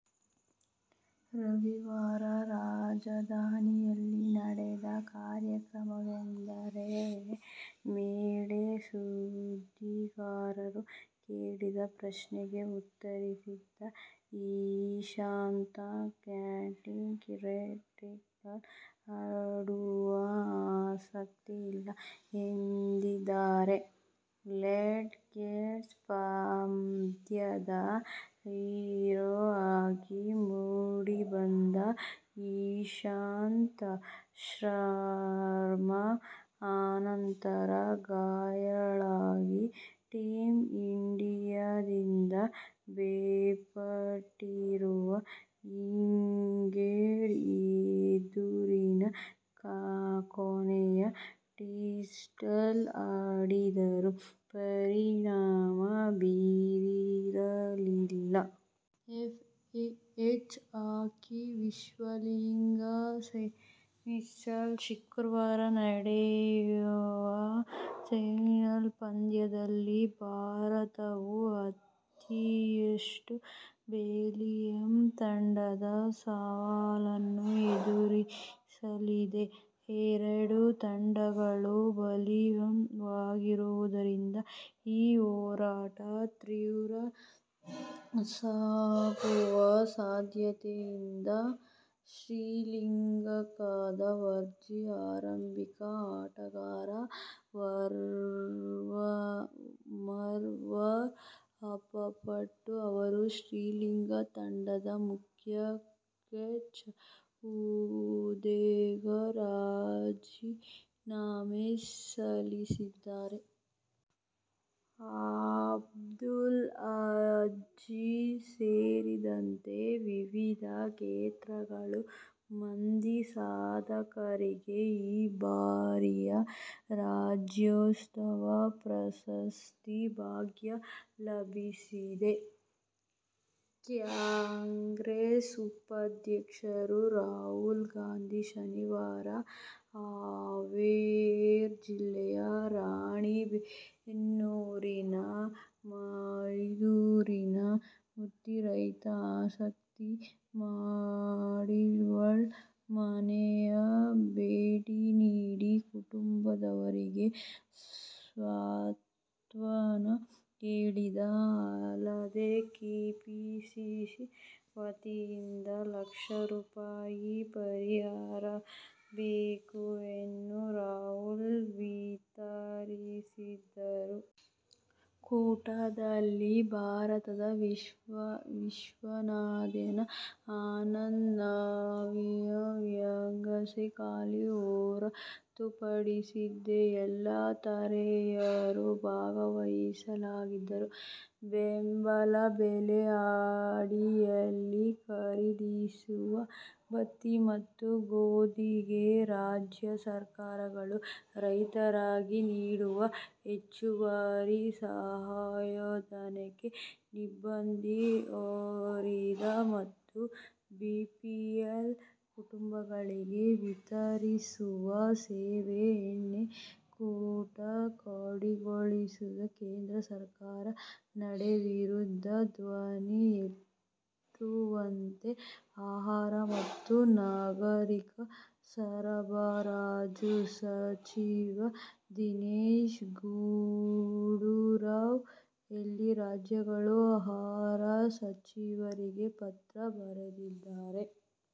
ರವಿವಾರ ರಾಜಧಾನಿಯಲ್ಲಿ ನಡೆದ ಕಾರ್ಯಕ್ರಮವೊಂದರ ವೇಳೆ ಸುದ್ದಿಗಾರರು ಕೇಳಿದ ಪ್ರಶ್ನೆಗೆ ಉತ್ತರಿಸಿದ ಇಶಾಂತ್, ಕೌಂಟಿ ಕ್ರಿಕೆಟ್ನಲ್ಲಿ ಆಡುವ ಆಸಕ್ತಿ ಇಲ್ಲ ಎಂದಿದ್ದಾರೆ. ಲಾರ್ಡ್ಸ್ ಟೆಸ್ಟ್ ಪಂದ್ಯದ ಹೀರೋ ಆಗಿ ಮೂಡಿಬಂದ ಇಶಾಂತ್ ಶರ್ಮ, ಅನಂತರ ಗಾಯಾಳಾಗಿ ಟೀಮ್ ಇಂಡಿಯಾದಿಂದ ಬೇರ್ಪಟ್ಟಿದ್ದರು. ಇಂಗ್ಲೆಂಡ್ ಎದುರಿನ ಕೊನೆಯ ಟೆಸ್ಟ್ನಲ್ಲಿ ಆಡಿದರೂ ಪರಿಣಾಮ ಬೀರಿರಲಿಲ್ಲ. ಎಫ್ಐಎಚ್ ಹಾಕಿ ವಿಶ್ವ ಲೀಗ್ ಸೆಮಿಫೈನಲ್ಸ್ನ ಶುಕ್ರವಾರ ನಡೆಯುವ ಸೆಮಿಫೈನಲ್ ಪಂದ್ಯದಲ್ಲಿ ಭಾರತವು ಆತಿಥೇಯ ಬೆಲ್ಜಿಯಂ ತಂಡದ ಸವಾಲನ್ನು ಎದುರಿಸಲಿದೆ. ಎರಡೂ ತಂಡಗಳು ಬಲಿಷ್ಠವಾಗಿರುವುದರಿಂದ ಈ ಹೋರಾಟ ತೀವ್ರ ಪೈಪೋಟಿಯಿಂದ ಸಾಗುವ ಸಾಧ್ಯತೆಯಿದೆ. ಶ್ರೀಲಂಕಾದ ಮಾಜಿ ಆರಂಭಿಕ ಆಟಗಾರ ಮರ್ವನ್ ಅತ್ತಪಟ್ಟು ಅವರು ಶ್ರೀಲಂಕಾ ತಂಡದ ಮುಖ್ಯ ಕೋಚ್ ಹುದ್ದೆಗೆ ರಾಜೀನಾಮೆ ಸಲ್ಲಿಸಿದ್ದಾರೆ. ಅಬ್ದುಲ್ ಅಜೀಜ್ ಸೇರಿದಂತೆ ವಿವಿಧ ಕ್ಷೇತ್ರಗಳ ಮಂದಿ ಸಾಧಕರಿಗೆ ಈ ಬಾರಿಯ ರಾಜ್ಯೋತ್ಸವ ಪ್ರಶಸ್ತಿಯ ಭಾಗ್ಯ ಲಭಿಸಿದೆ. ಕಾಂಗ್ರೆಸ್ ಉಪಾಧ್ಯಕ್ಷ ರಾಹುಲ್ ಗಾಂಧಿ ಶನಿವಾರ ಹಾವೇರಿ ಜಿಲ್ಲೆಯ ರಾಣಿಬೆನ್ನೂರಿನ ಮೈದೂರಿನ ಮೃತ ರೈತ ಅಶೋಕ್ ಮಡಿವಾಳ ಮನೆಗೆ ಭೇಟಿ ನೀಡಿ ಕುಟುಂಬದವರಿಗೆ ಸಾಂತ್ವನ ಹೇಳಿದರು. ಅಲ್ಲದೇ ಕೆಪಿಸಿಸಿ ವತಿಯಿಂದ ಲಕ್ಷ ರೂಪಾಯಿ ಪರಿಹಾರ ಚೆಕ್ ಅನ್ನು ರಾಹುಲ್ ವಿತರಿಸಿದರು. ಕೂಟದಲ್ಲಿ ಭಾರತದ ವಿಶ್ವನಾಥನ್ ಆನಂದ್, ನಾರ್ವೆಯ ಮ್ಯಾಗ್ನಸ್ ಕಾರ್ಲ್ಸನ್ ಹೊರತುಪಡಿಸಿದರೆ ಎಲ್ಲ ತಾರೆಯರೂ ಭಾಗವಹಿಸಲಿದ್ದಾರೆ. ಬೆಂಬಲ ಬೆಲೆ ಅಡಿಯಲ್ಲಿ ಖರೀದಿಸುವ ಭತ್ತ ಮತ್ತು ಗೋದಿಗೆ ರಾಜ್ಯ ಸರ್ಕಾರಗಳು ರೈತರಿಗೆ ನೀಡುವ ಹೆಚ್ಚುವರಿ ಸಹಾಯಧನಕ್ಕೆ ನಿರ್ಬಂಧ ಹೇರಿದ ಮತ್ತು ಬಿಪಿಎಲ್ ಕುಟುಂಗಳಿಗೆ ವಿತರಿಸುವ ಸೀಮೆ ಎಣ್ಣೆ ಕೋಟಾ ಕಡಿತಗೊಳಿಸಿರುವ ಕೇಂದ್ರ ಸರ್ಕಾರ ನಡೆ ವಿರುದ್ಧ ಧ್ವನಿ ಎತ್ತುವಂತೆ ಆಹಾರ ಮತ್ತು ನಾಗರಿಕ ಸರಬರಾಜು ಸಚಿವ ದಿನೇಶ ಗುಂಡೂರಾವ್ ಎಲ್ಲ ರಾಜ್ಯಗಳ ಆಹಾರ ಸಚಿವರಿಗೆ ಪತ್ರ ಬರೆದಿದ್ದಾರೆ.